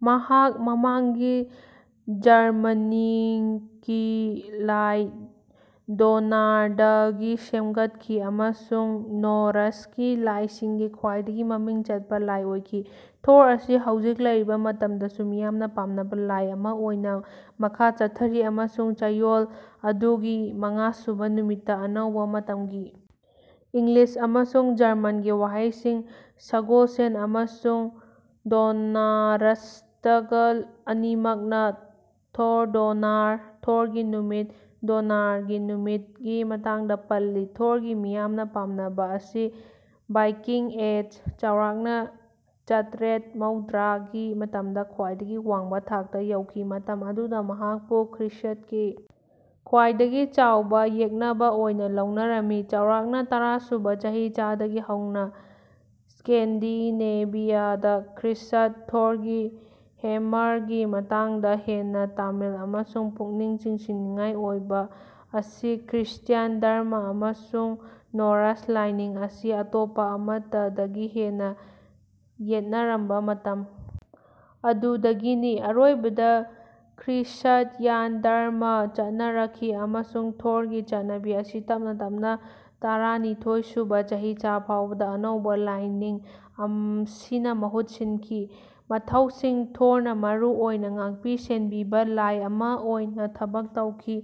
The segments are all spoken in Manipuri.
ꯃꯍꯥꯛ ꯃꯃꯥꯡꯒꯤ ꯖꯔꯃꯅꯤꯛꯀꯤ ꯂꯥꯏ ꯗꯣꯅꯥꯔꯗꯒꯤ ꯁꯦꯝꯒꯠꯈꯤ ꯑꯃꯁꯨꯡ ꯅꯣꯔ꯭ꯁꯀꯤ ꯂꯥꯏꯁꯤꯡꯒꯤ ꯈ꯭ꯋꯥꯏꯗꯒꯤ ꯃꯃꯤꯡ ꯆꯠꯄ ꯂꯥꯏ ꯑꯣꯏꯈꯤ꯫ ꯊꯣꯔ ꯑꯁꯤ ꯍꯧꯖꯤꯛ ꯂꯩꯔꯤꯕ ꯃꯇꯝꯗꯁꯨ ꯃꯤꯌꯥꯝꯅ ꯄꯥꯝꯅꯕ ꯂꯥꯏ ꯑꯃ ꯑꯣꯏꯅ ꯃꯈꯥ ꯆꯠꯊꯔꯤ, ꯑꯃꯁꯨꯡ ꯆꯌꯣꯜ ꯑꯗꯨꯒꯤ ꯃꯉꯥꯁꯨꯕ ꯅꯨꯃꯤꯠꯇ ꯑꯅꯧꯕ ꯃꯇꯝꯒꯤ ꯏꯪꯂꯤꯁ ꯑꯃꯁꯨꯡ ꯖꯔꯃꯟꯒꯤ ꯋꯥꯍꯩꯁꯤꯡ ꯁꯒꯣꯜꯁꯦꯟ ꯑꯃꯁꯨꯡ ꯗꯣꯅꯔꯁ꯭ꯇꯥꯒ ꯑꯅꯤꯃꯛꯅ ꯊꯣꯔꯗꯣꯅꯥꯔ ("ꯊꯣꯔꯒꯤ ꯅꯨꯃꯤꯠ ꯗꯣꯅꯥꯔꯒꯤ ꯅꯨꯃꯤꯠ")ꯒꯤ ꯃꯇꯥꯡꯗ ꯄꯜꯂꯤ꯫ ꯊꯣꯔꯒꯤ ꯃꯤꯌꯥꯝꯅ ꯄꯥꯝꯅꯕ ꯑꯁꯤ ꯚꯥꯏꯀꯤꯡ ꯑꯦꯖ (ꯆꯥꯎꯔꯥꯛꯅ ꯆꯠꯔꯦꯠ ꯃꯧꯗ꯭ꯔ)ꯒꯤ ꯃꯇꯝꯗ ꯈ꯭ꯋꯥꯏꯗꯒꯤ ꯋꯥꯡꯕ ꯊꯥꯛꯇ ꯌꯧꯈꯤ, ꯃꯇꯝ ꯑꯗꯨꯗ ꯃꯍꯥꯛꯄꯨ ꯈ꯭ꯔꯤꯁ꯭ꯠꯀꯤ ꯈ꯭ꯋꯥꯏꯗꯒꯤ ꯆꯥꯎꯕ ꯌꯦꯛꯅꯕ ꯑꯣꯏꯅ ꯂꯧꯅꯔꯝꯃꯤ, ꯆꯥꯎꯔꯥꯛꯅ ꯇꯔꯥ ꯁꯨꯕ ꯆꯍꯤꯆꯥꯗꯒꯤ ꯍꯧꯅ, ꯁ꯭ꯀꯦꯟꯗꯤꯅꯦꯚꯤꯌꯥꯗ ꯈ꯭ꯔꯤꯁ꯭ꯠ꯫ ꯊꯣꯔꯒꯤ ꯍꯦꯝꯃꯔꯒꯤ ꯃꯇꯥꯡꯗ ꯍꯦꯟꯅ ꯇꯥꯃꯤꯜ ꯑꯃꯁꯨꯡ ꯄꯨꯛꯅꯤꯡ ꯆꯤꯡꯁꯤꯟꯅꯤꯡꯉꯥꯏ ꯑꯣꯏꯕ ꯑꯁꯤ ꯈ꯭ꯔꯤꯁ꯭ꯇ꯭ꯌꯥꯟ ꯙꯔꯃꯥ ꯑꯃꯁꯨꯡ ꯅꯣꯔ꯭ꯁ ꯂꯥꯏꯅꯤꯡ ꯑꯁꯤ ꯑꯇꯣꯞꯄ ꯑꯃꯠꯇꯗꯒꯤ ꯍꯦꯟꯅ ꯌꯦꯠꯅꯔꯝꯕ ꯃꯇꯝ ꯑꯗꯨꯗꯒꯤꯅꯤ꯫ ꯑꯔꯣꯏꯕꯗ ꯈ꯭ꯔꯤꯁ꯭ꯠꯌꯥꯟ ꯙꯔꯃꯥ ꯆꯠꯅꯔꯛꯈꯤ ꯑꯃꯁꯨꯡ ꯊꯣꯔꯒꯤ ꯆꯠꯅꯕꯤ ꯑꯁꯤ ꯇꯞꯅ-ꯇꯞꯅ ꯇꯔꯥꯅꯤꯊꯣꯏꯁꯨꯕ ꯆꯍꯤꯆꯥ ꯐꯥꯎꯕꯗ ꯑꯅꯧꯕ ꯂꯥꯏꯅꯤꯡ ꯑꯁꯤꯅ ꯃꯍꯨꯠ ꯁꯤꯟꯈꯤ꯫ ꯃꯊꯧꯁꯤꯡ ꯊꯣꯔꯅ ꯃꯔꯨ ꯑꯣꯏꯅ ꯉꯥꯛꯄꯤ-ꯁꯦꯟꯕꯤꯕ-ꯂꯥꯏ ꯑꯃ ꯑꯣꯏꯅ ꯊꯕꯛ ꯇꯧꯈꯤ,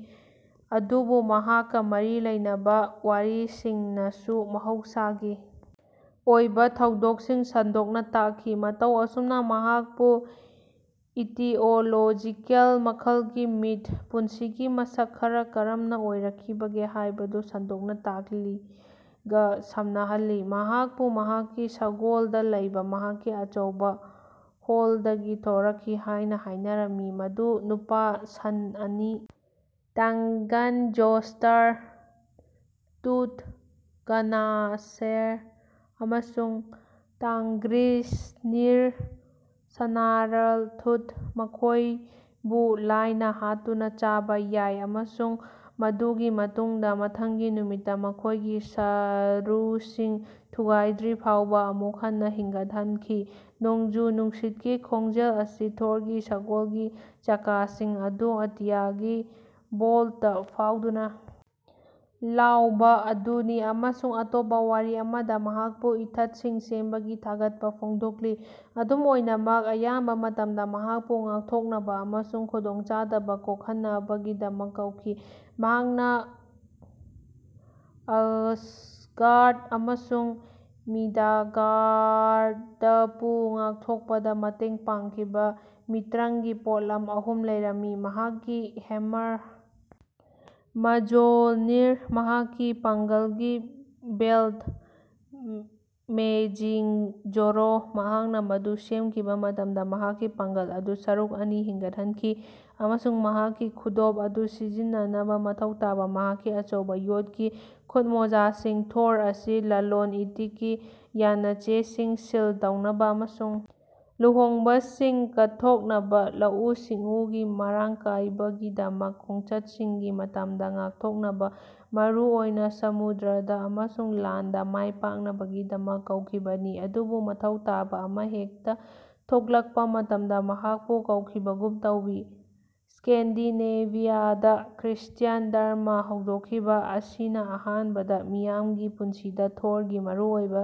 ꯑꯗꯨꯕꯨ ꯃꯍꯥꯛꯀ ꯃꯔꯤ ꯂꯩꯅꯕ ꯋꯥꯔꯤꯁꯤꯡꯅꯁꯨ ꯃꯍꯧꯁꯥꯒꯤ ꯑꯣꯏꯕ ꯊꯧꯗꯣꯛꯁꯤꯡ ꯁꯟꯗꯣꯛꯅ ꯇꯥꯛꯈꯤ, ꯃꯇꯧ ꯑꯁꯨꯝꯅ ꯃꯍꯥꯛꯄꯨ ꯏꯇꯤꯑꯣꯂꯣꯖꯤꯀꯦꯜ ꯃꯈꯜꯒꯤ ꯃꯤꯊ (ꯄꯨꯟꯁꯤꯒꯤ ꯃꯁꯛ ꯈꯔ ꯀꯔꯝꯅ ꯑꯣꯏꯔꯛꯈꯤꯕꯒꯦ ꯍꯥꯏꯕꯗꯨ ꯁꯟꯗꯣꯛꯅ ꯇꯥꯛꯂꯤ)ꯒ ꯁꯝꯅꯍꯜꯂꯤ꯫ ꯃꯍꯥꯛꯄꯨ ꯃꯍꯥꯛꯀꯤ ꯁꯒꯣꯜꯗ ꯂꯩꯕ ꯃꯍꯥꯛꯀꯤ ꯑꯆꯧꯕ ꯍꯣꯜꯗꯒꯤ ꯊꯣꯔꯛꯈꯤ ꯍꯥꯏꯅ ꯍꯥꯏꯅꯔꯝꯃꯤ, ꯃꯗꯨ ꯅꯨꯄꯥ ꯁꯟ ꯑꯅꯤ ꯇꯥꯡꯒꯟꯖꯣꯁ꯭ꯇ꯭ꯔ (ꯇꯨꯊ ꯒꯅꯥꯁꯦꯔ) ꯑꯃꯁꯨꯡ ꯇꯥꯡꯒ꯭ꯔꯤꯁꯅꯤꯔ (ꯁ꯭ꯅꯥꯔꯜ ꯇꯨꯊ) ꯃꯈꯣꯏꯕꯨ ꯂꯥꯏꯅ ꯍꯥꯠꯇꯨꯅ ꯆꯥꯕ ꯌꯥꯏ ꯑꯃꯁꯨꯡ ꯃꯗꯨꯒꯤ ꯃꯇꯨꯡꯗ ꯃꯊꯪꯒꯤ ꯅꯨꯃꯤꯠꯇ ꯃꯈꯣꯏꯒꯤ ꯁꯔꯨꯁꯤꯡ ꯊꯨꯒꯥꯏꯗ꯭ꯔꯤꯐꯥꯎꯕ ꯑꯃꯨꯛ ꯍꯟꯅ ꯍꯤꯡꯒꯠꯍꯟꯈꯤ꯫ ꯅꯣꯡꯖꯨ-ꯅꯨꯡꯁꯤꯠꯀꯤ ꯈꯣꯟꯖꯦꯜ ꯑꯁꯤ ꯊꯣꯔꯒꯤ ꯁꯒꯣꯜꯒꯤ ꯆꯀꯥꯁꯤꯡ ꯑꯗꯨ ꯑꯇꯤꯌꯥꯒꯤ ꯚꯣꯜ꯭ꯇ ꯐꯥꯎꯗꯨꯅ ꯂꯥꯎꯕ ꯑꯗꯨꯅꯤ ꯑꯃꯁꯨꯡ ꯑꯇꯣꯞꯄ ꯋꯥꯔꯤ ꯑꯃꯗ, ꯃꯍꯥꯛꯄꯨ ꯏꯊꯠꯁꯤꯡ ꯁꯦꯝꯕꯒꯤ ꯊꯥꯒꯠꯄ ꯐꯣꯡꯗꯣꯛꯂꯤ꯫ ꯑꯗꯨꯝ ꯑꯣꯏꯅꯃꯛ, ꯑꯌꯥꯝꯕ ꯃꯇꯝꯗ, ꯃꯍꯥꯛꯄꯨ ꯉꯥꯛꯊꯣꯛꯅꯕ ꯑꯃꯁꯨꯡ ꯈꯨꯗꯣꯡꯆꯥꯗꯕ ꯀꯣꯛꯍꯟꯅꯕꯒꯤꯗꯃꯛ ꯀꯧꯈꯤ꯫ ꯃꯍꯥꯛꯅ ꯑꯁꯒꯥꯔ꯭ꯗ ꯑꯃꯁꯨꯡ ꯃꯤꯗꯒꯥꯔ꯭ꯗꯄꯨ ꯉꯥꯛꯊꯣꯛꯄꯗ ꯃꯇꯦꯡ ꯄꯥꯡꯈꯤꯕ ꯃꯤꯇ꯭ꯔꯪꯒꯤ ꯄꯣꯠꯂꯝ ꯑꯍꯨꯝ ꯂꯩꯔꯝꯃꯤ꫰ꯃꯍꯥꯛꯀꯤ ꯍꯦꯝꯃꯔ ꯃꯖꯣꯜꯅꯤꯔ, ꯃꯍꯥꯛꯀꯤ ꯄꯥꯡꯒꯜꯒꯤ ꯕꯦꯜ꯭ꯇ ꯃꯦꯒꯤꯡꯖꯣꯔꯣ (ꯃꯍꯥꯛꯅ ꯃꯗꯨ ꯁꯦꯠꯈꯤꯕ ꯃꯇꯝꯗ ꯃꯍꯥꯛꯀꯤ ꯄꯥꯡꯒꯜ ꯑꯗꯨ ꯁꯔꯨꯛ ꯑꯅꯤ ꯍꯦꯟꯒꯠꯍꯟꯈꯤ), ꯑꯃꯁꯨꯡ ꯃꯍꯥꯛꯀꯤ ꯈꯨꯗꯣꯞ ꯑꯗꯨ ꯁꯤꯖꯤꯟꯅꯅꯕ ꯃꯊꯧ ꯇꯥꯕ ꯃꯍꯥꯛꯀꯤ ꯑꯆꯧꯕ ꯌꯣꯠꯀꯤ ꯈꯨꯠꯃꯣꯖꯥꯁꯤꯡ꯫ ꯊꯣꯔ ꯑꯁꯤ ꯂꯂꯣꯟ-ꯏꯇꯤꯛꯀꯤ ꯌꯥꯅꯆꯦꯁꯤꯡ ꯁꯤꯜ ꯇꯧꯅꯕ ꯑꯃꯁꯨꯡ ꯂꯨꯍꯣꯡꯕꯁꯤꯡ ꯀꯠꯊꯣꯛꯅꯕ, ꯂꯧꯎ-ꯁꯤꯡꯎꯒꯤ ꯃꯔꯥꯡ ꯀꯥꯏꯕꯒꯤꯗꯃꯛ, ꯈꯣꯡꯆꯠꯁꯤꯡꯒꯤ ꯃꯇꯝꯗ ꯉꯥꯛꯊꯣꯛꯅꯕ (ꯃꯔꯨꯑꯣꯏꯅ ꯁꯃꯨꯗ꯭ꯔꯗ) ꯑꯃꯁꯨꯡ ꯂꯥꯟꯗ ꯃꯥꯏꯄꯥꯛꯅꯕꯒꯤꯗꯃꯛ ꯀꯧꯈꯤꯕꯅꯤ, ꯑꯗꯨꯕꯨ ꯃꯊꯧ ꯇꯥꯕ ꯑꯃꯍꯦꯛꯇ ꯊꯣꯛꯂꯛꯄ ꯃꯇꯝꯗ ꯃꯍꯥꯛꯄꯨ ꯀꯧꯈꯤꯕꯒꯨꯝ ꯇꯧꯋꯤ꯫ ꯁ꯭ꯀꯦꯟꯗꯤꯅꯦꯚꯤꯌꯥꯗ ꯈ꯭ꯔꯤꯁ꯭ꯇ꯭ꯌꯥꯟ ꯙꯔꯃꯥ ꯍꯧꯗꯣꯛꯈꯤꯕ ꯑꯁꯤꯅ ꯑꯍꯥꯟꯕꯗ ꯃꯤꯌꯥꯝꯒꯤ ꯄꯨꯟꯁꯤꯗ ꯊꯣꯔꯒꯤ ꯃꯔꯨꯑꯣꯏꯕ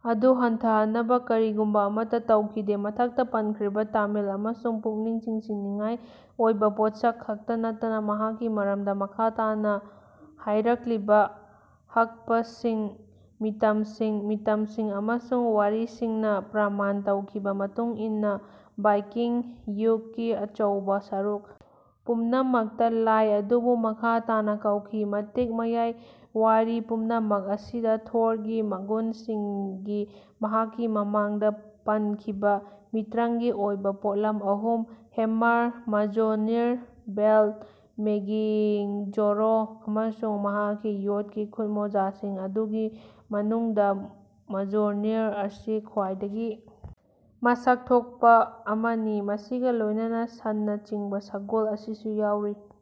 ꯑꯗꯨ ꯍꯟꯊꯍꯟꯅꯕ ꯀꯔꯤꯒꯨꯝꯕ ꯑꯃꯠꯇ ꯇꯧꯈꯤꯗꯦ꯫ ꯃꯊꯛꯇ ꯄꯟꯈ꯭ꯔꯤꯕ ꯇꯥꯃꯤꯜ ꯑꯃꯁꯨꯡ ꯄꯨꯛꯅꯤꯡ ꯆꯤꯡꯁꯤꯟꯅꯤꯡꯉꯥꯏ ꯑꯣꯏꯕ ꯄꯣꯠꯁꯤꯡ ꯈꯛꯇ ꯅꯠꯇꯅ ꯃꯍꯥꯛꯀꯤ ꯃꯔꯝꯗ ꯃꯈꯥ ꯇꯥꯅ ꯍꯥꯏꯔꯛꯂꯤꯕ ꯍꯛꯄꯁꯤꯡ, ꯃꯤꯇꯝꯁꯤꯡ, ꯃꯤꯇꯝꯁꯤꯡ ꯑꯃꯁꯨꯡ ꯋꯥꯔꯤꯁꯤꯡꯅ ꯄ꯭ꯔꯃꯥꯟ ꯇꯧꯈꯤꯕ ꯃꯇꯨꯡ ꯏꯟꯅ ꯚꯥꯏꯀꯤꯡ ꯌꯨꯒꯀꯤ ꯑꯆꯧꯕ ꯁꯔꯨꯛ ꯄꯨꯝꯅꯃꯛꯇ ꯂꯥꯏ ꯑꯗꯨꯕꯨ ꯃꯈꯥ ꯇꯥꯅ ꯀꯧꯈꯤ꯫ ꯃꯇꯤꯛ ꯃꯌꯥꯏ ꯋꯥꯔꯤ ꯄꯨꯝꯅꯃꯛ ꯑꯁꯤꯗ, ꯊꯣꯔꯒꯤ ꯃꯒꯨꯟꯁꯤꯡꯗꯤ ꯃꯍꯥꯛꯀꯤ ꯃꯃꯥꯡꯗ ꯄꯟꯈꯤꯕ ꯃꯤꯇ꯭ꯔꯪꯒꯤ ꯑꯣꯏꯕ ꯄꯣꯠꯂꯝ ꯑꯍꯨꯝ ꯍꯦꯝꯃꯔ ꯃꯖꯣꯜꯅꯤꯔ, ꯕꯦꯜꯠ ꯃꯦꯒꯤꯡꯖꯣꯔꯣ, ꯑꯃꯁꯨꯡ ꯃꯍꯥꯛꯀꯤ ꯌꯣꯠꯀꯤ ꯈꯨꯠꯃꯣꯖꯥꯁꯤꯡ, ꯃꯗꯨꯒꯤ ꯃꯅꯨꯡꯗ ꯃꯖꯣꯜꯅꯤꯔ ꯑꯁꯤ ꯈ꯭ꯋꯥꯏꯗꯒꯤ ꯃꯁꯛ ꯊꯣꯛꯄ ꯑꯃꯅꯤ ꯃꯁꯤꯒ ꯂꯣꯏꯅꯅ ꯁꯟꯅ ꯆꯤꯡꯕ ꯁꯒꯣꯜ ꯑꯁꯤꯁꯨ ꯌꯥꯎꯔꯤ꯫